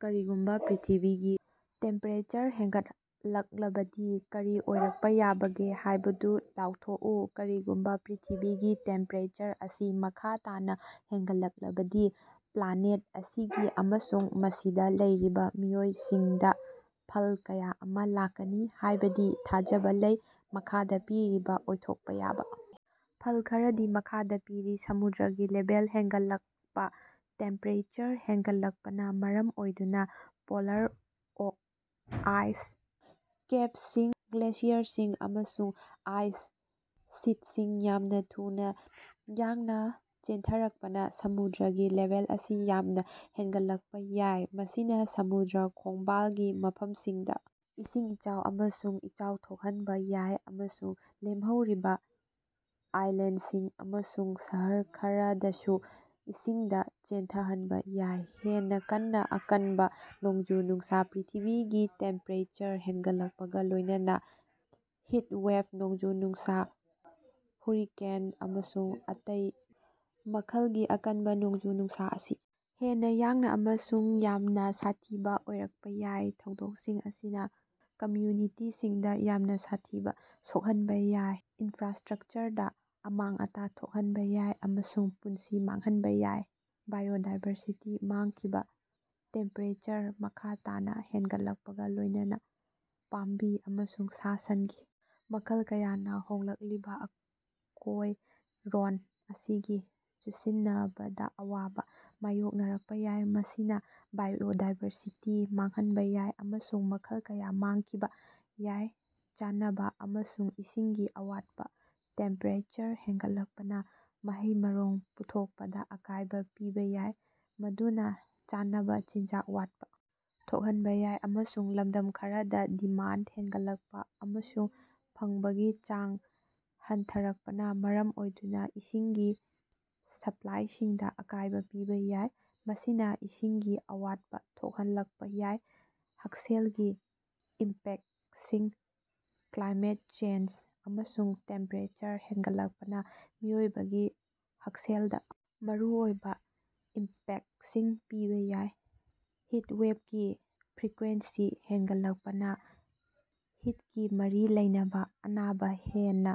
ꯀꯔꯤꯒꯨꯝꯕ ꯄ꯭ꯔꯤꯊꯤꯕꯤꯒꯤ ꯇꯦꯝꯄꯦꯔꯦꯆꯔ ꯍꯦꯟꯒꯠꯂꯛꯂꯕꯗꯤ ꯀꯔꯤ ꯑꯣꯏꯔꯛꯄ ꯌꯥꯕꯒꯦ ꯍꯥꯏꯕꯗꯨ ꯂꯥꯎꯊꯣꯛꯎ꯫ ꯀꯔꯤꯒꯨꯝꯕ ꯄ꯭ꯔꯤꯊꯤꯕꯤꯒꯤ ꯇꯦꯝꯄꯦꯔꯦꯆꯔ ꯑꯁꯤ ꯃꯈꯥ ꯇꯥꯅ ꯍꯦꯟꯒꯠꯂꯛꯂꯕꯗꯤ ꯄ꯭ꯂꯥꯅꯦꯠ ꯑꯁꯤꯒꯤ ꯑꯃꯁꯨꯡ ꯃꯁꯤꯗ ꯂꯩꯔꯤꯕ ꯃꯤꯑꯣꯏꯁꯤꯡꯗ ꯐꯜ ꯀꯌꯥ ꯑꯃ ꯂꯥꯛꯀꯅꯤ ꯍꯥꯏꯕꯒꯤ ꯊꯥꯖꯕꯥ ꯂꯩ꯫ ꯃꯈꯥꯗ ꯄꯤꯔꯤꯕ ꯑꯣꯏꯊꯣꯛꯄ ꯌꯥꯕ ꯐꯜ ꯈꯔꯗꯤ ꯃꯈꯥꯗ ꯄꯤꯔꯤ - ꯁꯃꯨꯗ꯭ꯔꯒꯤ ꯂꯦꯚꯦꯜ ꯍꯦꯟꯒꯠꯂꯛꯄ -ꯇꯦꯝꯄꯦꯔꯦꯆꯔ ꯍꯦꯟꯒꯠꯂꯛꯄꯅ ꯃꯔꯝ ꯑꯣꯏꯗꯨꯅ ꯄꯣꯂꯥꯔ ꯑꯥꯏꯁ ꯀꯦꯞꯁꯤꯡ, ꯒ꯭ꯂꯦꯁꯤꯌꯔꯁꯤꯡ, ꯑꯃꯁꯨꯡ ꯑꯥꯏꯁ ꯁꯤꯠꯁꯤꯡ ꯌꯥꯝꯅ ꯊꯨꯅ ꯌꯥꯡꯅ ꯆꯦꯟꯊꯔꯛꯄꯅꯥ ꯁꯃꯨꯗ꯭ꯔꯒꯤ ꯂꯦꯚꯦꯜ ꯑꯁꯤ ꯌꯥꯝꯅ ꯍꯦꯟꯒꯠꯂꯛꯄ ꯌꯥꯏ꯫ ꯃꯁꯤꯅ ꯁꯃꯨꯗ꯭ꯔ ꯈꯣꯡꯕꯥꯜꯒꯤ ꯃꯐꯝꯁꯤꯡꯗ ꯏꯁꯤꯡ ꯏꯆꯥꯎ ꯑꯃꯁꯨꯡ ꯏꯆꯥꯎ ꯊꯣꯛꯍꯟꯕ‌ ꯌꯥꯏ ꯑꯃꯁꯨꯡ ꯂꯦꯝꯍꯧꯔꯤꯕ ꯑꯥꯏꯂꯦꯟꯗꯁꯤꯡ ꯑꯃꯁꯨꯡ ꯁꯍꯔ ꯈꯔꯗꯁꯨ ꯏꯁꯤꯡꯗ ꯆꯦꯟꯊꯍꯟꯕ ꯌꯥꯏ꯫ ꯍꯦꯟꯅ‌ ꯀꯟꯅ ꯑꯀꯟꯕꯥ ꯅꯣꯡꯖꯨ-ꯅꯨꯡꯁ - ꯄ꯭ꯔꯤꯊꯤꯕꯤꯒꯤ ꯇꯦꯝꯄꯦꯔꯦꯆꯔ ꯍꯦꯟꯒꯠꯂꯛꯄꯒ ꯂꯣꯏꯅꯅꯥ ꯍꯤꯇꯋꯦꯚ, ꯅꯣꯡꯖꯨ-ꯅꯨꯡꯁꯥ, ꯍꯨꯔꯤꯀꯦꯟ ꯑꯃꯁꯨꯡ ꯑꯇꯩ ꯃꯈꯜꯒꯤ ꯑꯀꯟꯕ ꯅꯣꯡꯖꯨ-ꯅꯨꯡꯁꯥ ꯑꯁꯤ ꯍꯦꯟꯅ ꯌꯥꯡꯅ ꯑꯃꯁꯨꯡ ꯌꯥꯝꯅ ꯁꯥꯊꯤꯕ ꯑꯣꯏꯔꯛꯄ ꯌꯥꯏ꯫ ꯊꯧꯗꯣꯛꯁꯤꯡ ꯑꯁꯤꯅ ꯀꯝꯃ꯭ꯌꯨꯅꯤꯇꯤꯁꯤꯡꯗ ꯌꯥꯝꯅ ꯁꯥꯊꯤꯅ ꯁꯣꯛꯍꯟꯕ ꯌꯥꯏ, ꯏꯟꯐ꯭ꯔꯥꯁ꯭ꯇꯔꯛꯆꯔꯗꯥ ꯑꯃꯥꯡ-ꯑꯇꯥ ꯊꯣꯛꯍꯟꯕ ꯌꯥꯏ, ꯑꯃꯁꯨꯡ ꯄꯨꯟꯁꯤ ꯃꯥꯡꯍꯟꯕ ꯌꯥꯏ꯫ ꯕꯥꯏꯑꯣꯗꯥꯏꯕꯔꯁꯤꯇꯤ ꯃꯥꯡꯈꯤꯕ - ꯇꯦꯝꯄꯦꯔꯦꯆꯔ ꯃꯈꯥ ꯇꯥꯅꯥ ꯍꯦꯟꯒꯠꯂꯛꯄꯒꯥ ꯂꯣꯏꯅꯅꯥ, ꯄꯥꯝꯕꯤ ꯑꯃꯁꯨꯡ ꯁꯥ-ꯁꯟꯒꯤ ꯃꯈꯜ ꯀꯌꯥꯅ ꯍꯣꯡꯂꯛꯂꯤꯕ ꯑꯀꯣꯏꯔꯣꯟ ꯑꯁꯤꯒ ꯆꯨꯁꯤꯟꯅꯕꯗꯥ ꯑꯋꯥꯕ ꯃꯥꯌꯣꯛꯅꯔꯛꯄ ꯌꯥꯏ꯫ ꯃꯁꯤꯅ ꯕꯥꯏꯑꯣꯗꯥꯏꯕꯔꯁꯤꯇꯤ ꯃꯥꯡꯍꯟꯕ ꯌꯥꯏ, ꯑꯃꯁꯨꯡ ꯃꯈꯜ ꯀꯌꯥ ꯃꯥꯡꯈꯤꯕ ꯌꯥꯏ꯫ ꯆꯥꯅꯕꯥ ꯑꯃꯁꯨꯡ ꯏꯁꯤꯡꯒꯤ ꯑꯋꯥꯠꯄ - ꯇꯦꯝꯄꯦꯔꯦꯆꯔ ꯍꯦꯟꯒꯠꯂꯛꯄꯅꯥ ꯃꯍꯩ-ꯃꯔꯣꯡ ꯄꯨꯊꯣꯠꯄꯗꯥ ꯑꯀꯥꯏꯕ ꯄꯤꯕ‌ꯌꯥꯏ, ꯃꯗꯨꯅ ꯆꯥꯅꯕꯥ ꯆꯤꯟꯖꯥꯛ ꯋꯥꯠꯄꯥ ꯊꯣꯛꯍꯟꯕ ꯌꯥꯏ꯫ ꯑꯃꯁꯨꯡ, ꯂꯝꯗꯝ ꯈꯔꯗꯥ, ꯗꯤꯃꯥꯟꯗ ꯍꯦꯟꯒꯠꯂꯛꯄ ꯑꯃꯁꯨꯡ ꯐꯪꯕꯒꯤ ꯆꯥꯡ ꯍꯟꯊꯔꯛꯄꯅꯥ ꯃꯔꯝ ꯑꯣꯏꯗꯨꯅ ꯏꯁꯤꯡꯒꯤ ꯁꯄ꯭ꯂꯥꯏꯁꯤꯡꯗ ꯑꯀꯥꯏꯕ‌ ꯄꯤꯕ ꯌꯥꯏ, ꯃꯁꯤꯅ ꯏꯁꯤꯡꯒꯤ ꯑꯋꯥꯠꯄ ꯊꯣꯛꯍꯜꯂꯛꯄ ꯌꯥꯏ꯫ ꯍꯛꯁꯦꯜꯒꯤ ꯏꯝꯄꯦꯛꯇꯁꯤꯡ - ꯀ꯭ꯂꯥꯏꯃꯦꯠ ꯆꯦꯟꯖ ꯑꯃꯁꯨꯡ ꯇꯦꯝꯄꯦꯔꯦꯆꯔ ꯍꯦꯟꯒꯠꯂꯛꯄꯅꯥ ꯃꯤꯑꯣꯏꯕꯒꯤ ꯍꯛꯁꯦꯜꯗ ꯃꯔꯨꯑꯣꯏꯕ ꯏꯝꯄꯦꯛꯇꯁꯤꯡ ꯄꯤꯕ ꯌꯥꯏ꯫ ꯍꯤꯠꯋꯦꯕꯀꯤ ꯐ꯭ꯔꯤꯀ꯭ꯋꯦꯟꯁꯤ ꯍꯦꯟꯒꯠꯂꯛꯄꯅꯥ ꯍꯤꯠꯀꯥ ꯃꯔꯤ ꯂꯩꯅꯕꯥ ꯑꯅꯥꯕ ꯍꯦꯟꯅ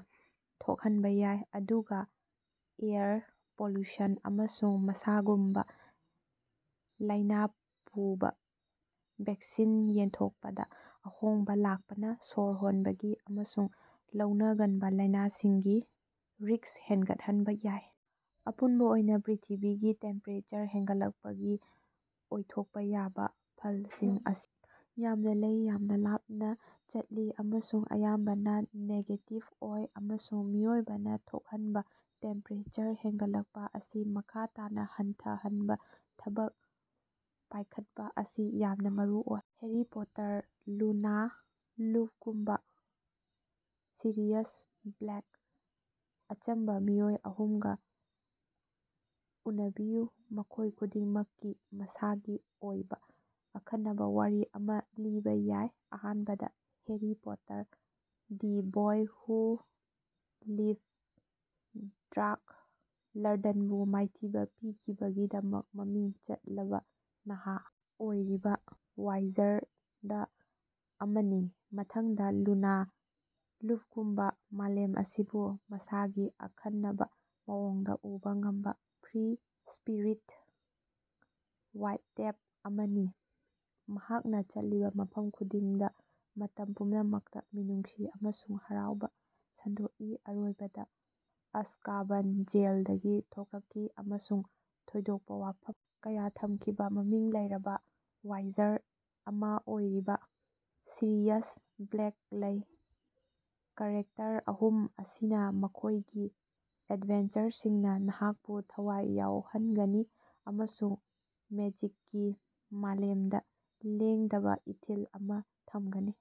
ꯊꯣꯛꯍꯟꯕ ꯌꯥꯏ, ꯑꯗꯨꯒ ꯑꯦꯌꯔ ꯄꯣꯂꯨꯁꯟ ꯑꯃꯁꯨꯡ ꯃꯁꯥꯒꯨꯝꯕ ꯂꯥꯏꯅꯥ ꯄꯨꯕ ꯚꯦꯛꯁꯤꯟ ꯌꯦꯟꯊꯣꯛꯄꯗꯥ ꯑꯍꯣꯡꯕ ꯂꯥꯛꯄꯅꯥ ꯁꯣꯔ ꯍꯣꯟꯕꯒꯤ ꯑꯃꯁꯨꯡ ꯂꯧꯅꯒꯟꯕ ꯂꯥꯏꯅꯥꯁꯤꯡꯒꯤ ꯔꯤꯛꯁ ꯍꯦꯟꯒꯠꯍꯟꯕꯥ ꯌꯥꯏ꯫ ꯑꯄꯨꯟꯕ ꯑꯣꯏꯅ, ꯄ꯭ꯔꯤꯊꯤꯕꯤꯒꯤ ꯇꯦꯝꯄꯦꯔꯦꯆꯔ ꯍꯦꯟꯒꯠꯂꯛꯄꯒꯤ ꯑꯣꯏꯊꯣꯛꯄ ꯌꯥꯕ ꯐꯜꯁꯤꯡ ꯑꯁꯤ ꯃꯁꯤꯡ ꯌꯥꯝꯅ ꯂꯩ, ꯌꯥꯝꯅ ꯂꯥꯞꯅ ꯆꯠꯂꯤ ꯑꯃꯁꯨꯡ ꯑꯌꯥꯝꯕꯅꯥ ꯅꯦꯒꯦꯇꯤꯕ ꯑꯣꯏ, ꯑꯃꯁꯨꯡ ꯃꯤꯑꯣꯏꯕꯅꯥ ꯊꯣꯛꯍꯟꯕ ꯇꯦꯝꯄꯦꯔꯦꯆꯔ ꯍꯦꯟꯒꯠꯂꯛꯄꯥ ꯑꯁꯤ ꯃꯈꯥ ꯇꯥꯅꯥ ꯍꯟꯊꯍꯟꯅꯕꯥ ꯊꯕꯛ ꯄꯥꯏꯈꯠꯄꯥ ꯑꯁꯤ ꯌꯥꯝꯅ ꯃꯔꯨꯑꯣꯏ꯫ Harry Potter, Luna Lovegood, Sirius Black. ꯑꯆꯝꯕ ꯃꯤꯑꯣꯏ ꯑꯍꯨꯝꯒ ꯎꯟꯕꯤꯌꯨ, ꯃꯈꯣꯏ ꯈꯨꯗꯤꯡꯃꯛꯀꯤ ꯃꯁꯥꯒꯤ ꯑꯣꯏꯕ ꯑꯈꯟꯅꯕꯥ ꯋꯥꯔꯤ ꯑꯃꯥ ꯂꯤꯕꯥ ꯌꯥꯏ꯫ ꯑꯍꯥꯟꯕꯗꯥ, ꯍꯦꯔꯤ ꯄꯣꯇꯔ ꯗ ꯕꯣꯏ ꯍꯨ ꯂꯤꯚꯗ, ꯗꯥ꯭ꯔꯛ ꯂꯔꯗꯟꯕꯨ ꯃꯥꯏꯊꯤꯕ ꯄꯤꯈꯤꯕꯒꯤꯗꯃꯛ ꯃꯃꯤꯡ ꯆꯠꯂꯕꯥ ꯅꯍꯥ ꯑꯣꯏꯔꯤꯕ ꯋꯥꯏꯖꯥꯔꯗ ꯑꯃꯅꯤ꯫ ꯃꯊꯪꯗ ꯂꯨꯅꯥ ꯂ꯭ꯚꯒꯨꯗ, ꯃꯥꯂꯦꯝ ꯑꯁꯤꯕꯨ ꯃꯁꯥꯒꯤ ꯑꯈꯟꯅꯕꯥ ꯃꯑꯣꯡꯗ ꯎꯕꯥ ꯉꯝꯕ ꯐ꯭ꯔꯤ-ꯁ꯭ꯄꯤꯔꯤꯠ ꯋꯥꯏꯇꯦꯞ ꯑꯃꯅꯤ, ꯃꯍꯥꯛꯅ ꯆꯠꯂꯤꯕ ꯃꯐꯝ ꯈꯨꯗꯤꯡꯗ ꯃꯇꯝ ꯄꯨꯝꯅꯃꯛꯇ ꯃꯤꯅꯨꯡꯁꯤ ꯑꯃꯁꯨꯡ ꯍꯔꯥꯎꯕꯥ ꯁꯟꯗꯣꯛꯏ꯫ ꯑꯔꯣꯏꯕꯗꯥ, ꯑꯖꯀꯥꯕꯟ ꯖꯦꯜꯗꯒꯤ ꯊꯣꯔꯛꯈꯤꯕ‌ ꯑꯃꯁꯨꯡ ꯊꯣꯏꯗꯣꯛꯄ ꯋꯥꯐꯝ ꯀꯌꯥ ꯊꯝꯈꯤꯕ ꯃꯃꯤꯡ ꯂꯩꯔꯕꯥ ꯋꯥꯏꯖꯥꯔꯗ ꯑꯃ ꯑꯣꯏꯔꯤꯕ ꯁꯤꯔꯤꯌꯁ ꯕ꯭ꯂꯦꯛ ꯂꯩ꯫ ꯀꯦꯔꯦꯛꯇꯔ ꯑꯍꯨꯝ ꯑꯁꯤꯅ ꯃꯈꯣꯏꯒꯤ ꯑꯦꯗꯚꯦꯟꯆꯔꯁꯤꯡꯅ ꯅꯍꯥꯛꯄꯨ ꯊꯋꯥꯏ ꯌꯥꯎꯍꯟꯒꯅꯤ ꯑꯃꯁꯨꯡ ꯃꯦꯖꯤꯛꯀꯤ ꯃꯥꯂꯦꯝꯗ ꯂꯦꯡꯗꯕꯥ ꯏꯊꯤꯜ ꯑꯃꯥ ꯊꯝꯒꯅꯤ꯫